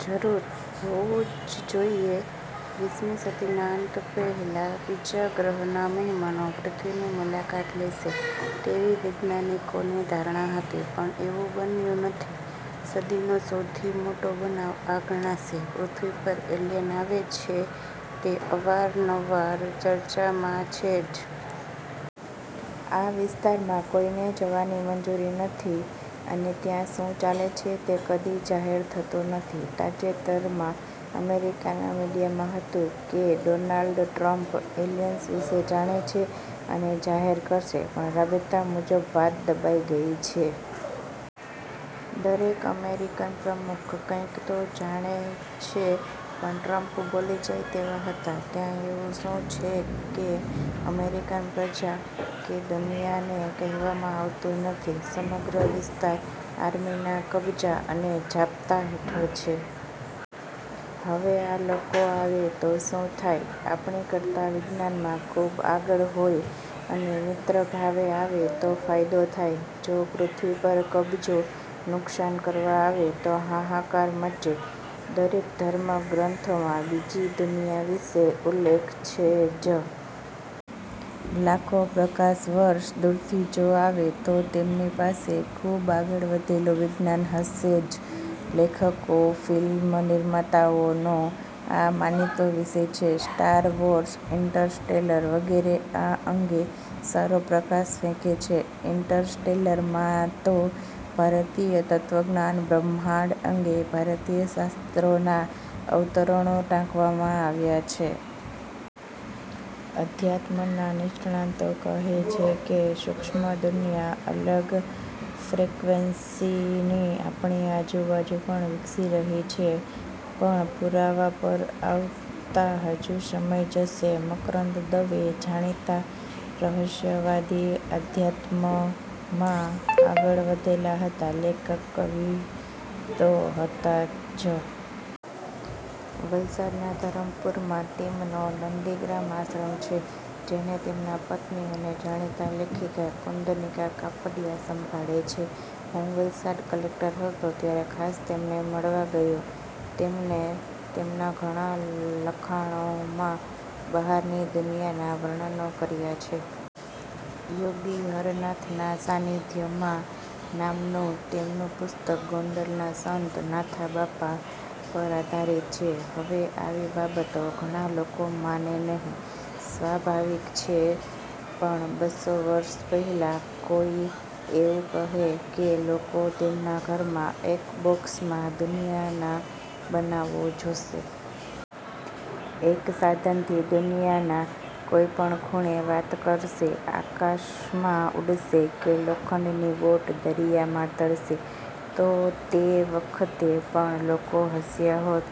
જરૂર હોવું જ જોઈએ. વીસમી સદીના અંત પહેલાં બીજા ગ્રહના મહેમાનો પૃથ્વીની મુલાકાત લેશે તેવી વૈજ્ઞાનિકોની ધારણા હતી, પણ એવું બન્યું નથી. સદીનો સૌથી મોટો બનાવ આ ગણાશે. પૃથ્વી પર એલિયન આવે છે તે અવારનવાર ચર્ચામાં છે જ. આ વિસ્તારમાં કોઈને જવાની મંજુરી નથી અને ત્યાં શું ચાલે છે તે કદી જાહેર થતું નથી. તાજેતરમાં અમેરિકાના મીડિયા માં હતું કે ડોનાલ્ડ ટ્રમ્પ એલિયન્સ વિશે જાણે છે અને જાહેર કરશે પણ રાબેતા મુજબ વાત દબાઈ ગઈ છે. દરેક અમેરિકન પ્રમુખ કંઇક તો જાણે છે પણ ટ્રમ્પ બોલી જાય તેવા હતા. ત્યાં એવું શું છે કે અમેરિકન પ્રજા કે દુનિયાને કહેવામાં આવતું નથી? સમગ્ર વિસ્તાર આર્મીના કબજા અને જાપ્તા હેઠળ છે. હવે આ લોકો આવે તો શું થાય? આપણી કરતા વિજ્ઞાનમાં ખૂબ આગળ હોય અને મિત્ર ભાવે આવે તો ફાયદો થાય. જો પૃથ્વી પર કબજો, નુકસાન કરવા આવે તો હાહાકાર મચે. દરેક ધર્મ ગ્રંથોમાં બીજી દુનિયા વિશે ઉલ્લેખ છે જ. લાખો પ્રકાશ વર્ષ દૂરથી જો આવે તો તેમની પાસે ખૂબ આગળ વધેલું વિજ્ઞાન હશે જ. લેખકો, ફિલ્મ નિર્માતાઓનો આ માનીતો વિષય છે. સ્ટાર વૉર્સ, ઇન્ટરસ્ટેલર વગેરે, આ અંગે સારો પ્રકાશ ફેંકે છે. ઇન્ટરસ્ટેલર માં તો ભારતીય તત્વજ્ઞાન, બ્રહ્માંડ અંગે ભારતીય શાસ્ત્રોના અવતરણો ટાંકવામાં આવ્યા છે. અધ્યાત્મના નિષ્ણાંતો કહે છે કે સૂક્ષ્મ દુનિયા, અલગ ફ્રેક્વેનસી ની આપણી આજુબાજુ પણ વિકસી રહી છે પણ પુરાવા પર આવતા હજુ સમય જશે. મકરંદ દવે જાણીતા રહસ્યવાદી, અધ્યાત્મ માં આગળ વધેલા હતા. લેખક, કવિ તો હતાં જ. વલસાડના ધરમપુરમાં તેમનો "નંદીગ્રામ" આશ્રમ છે જેને તેમના પત્ની અને જાણીતા લેખિકા કુન્દનિકા કાપડીઆ સંભાળે છે. હું વલસાડ કલેકટર હતો ત્યારે ખાસ તેમને મળવા ગયો. તેમને તેમના ઘણા લખાણો માં બહારની દુનિયાના વર્ણનો કર્યા છે. "યોગી હરનાથના સાનિધ્યમાં" નામનું તેમનું પુસ્તક ગોંડલના સંત નાથાબાપા પર આધારિત છે. હવે આવી બાબતો ઘણા લોકો માને નહિ. સ્વાભાવિક છે પણ બસો વર્ષ પહેલાં કોઈ એવું કહે કે લોકો તેમના ઘરમાં એક બોકસમાં દુનિયાના બનાવો જોશે. એક સાધનથી દુનિયાના કોઈ પણ ખૂણે વાત કરશે, આકાશમાં ઉડશે કે લોખંડની બોટ દરિયામાં તરશે તો તે વખતે પણ લોકો હસ્યા હોત.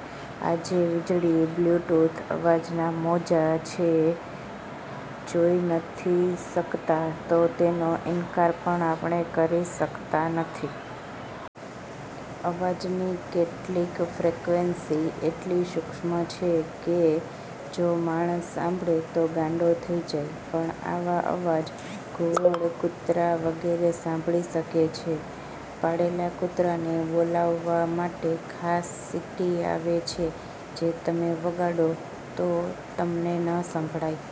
આજે વીજળી, બ્લ્યુટૂથ, અવાજના મોજા, છે, જોઈ નથી શકતા તો તેનો ઇનકાર પણ આપણે કરી શકતા નથી. અવાજની કેટલીક ફ્રેક્વેનસી એટલી સૂક્ષ્મ છે કે જો માણસ સાંભળે તો ગાંડો થઈ જાય, પણ આવા અવાજ ઘુવડ, કૂતરા વગેરે સાંભળી શકે છે. પાળેલા કૂતરાને બોલાવવા માટે ખાસ સીટી આવે છે જે તમે વગાડો તો તમને ન સંભળાય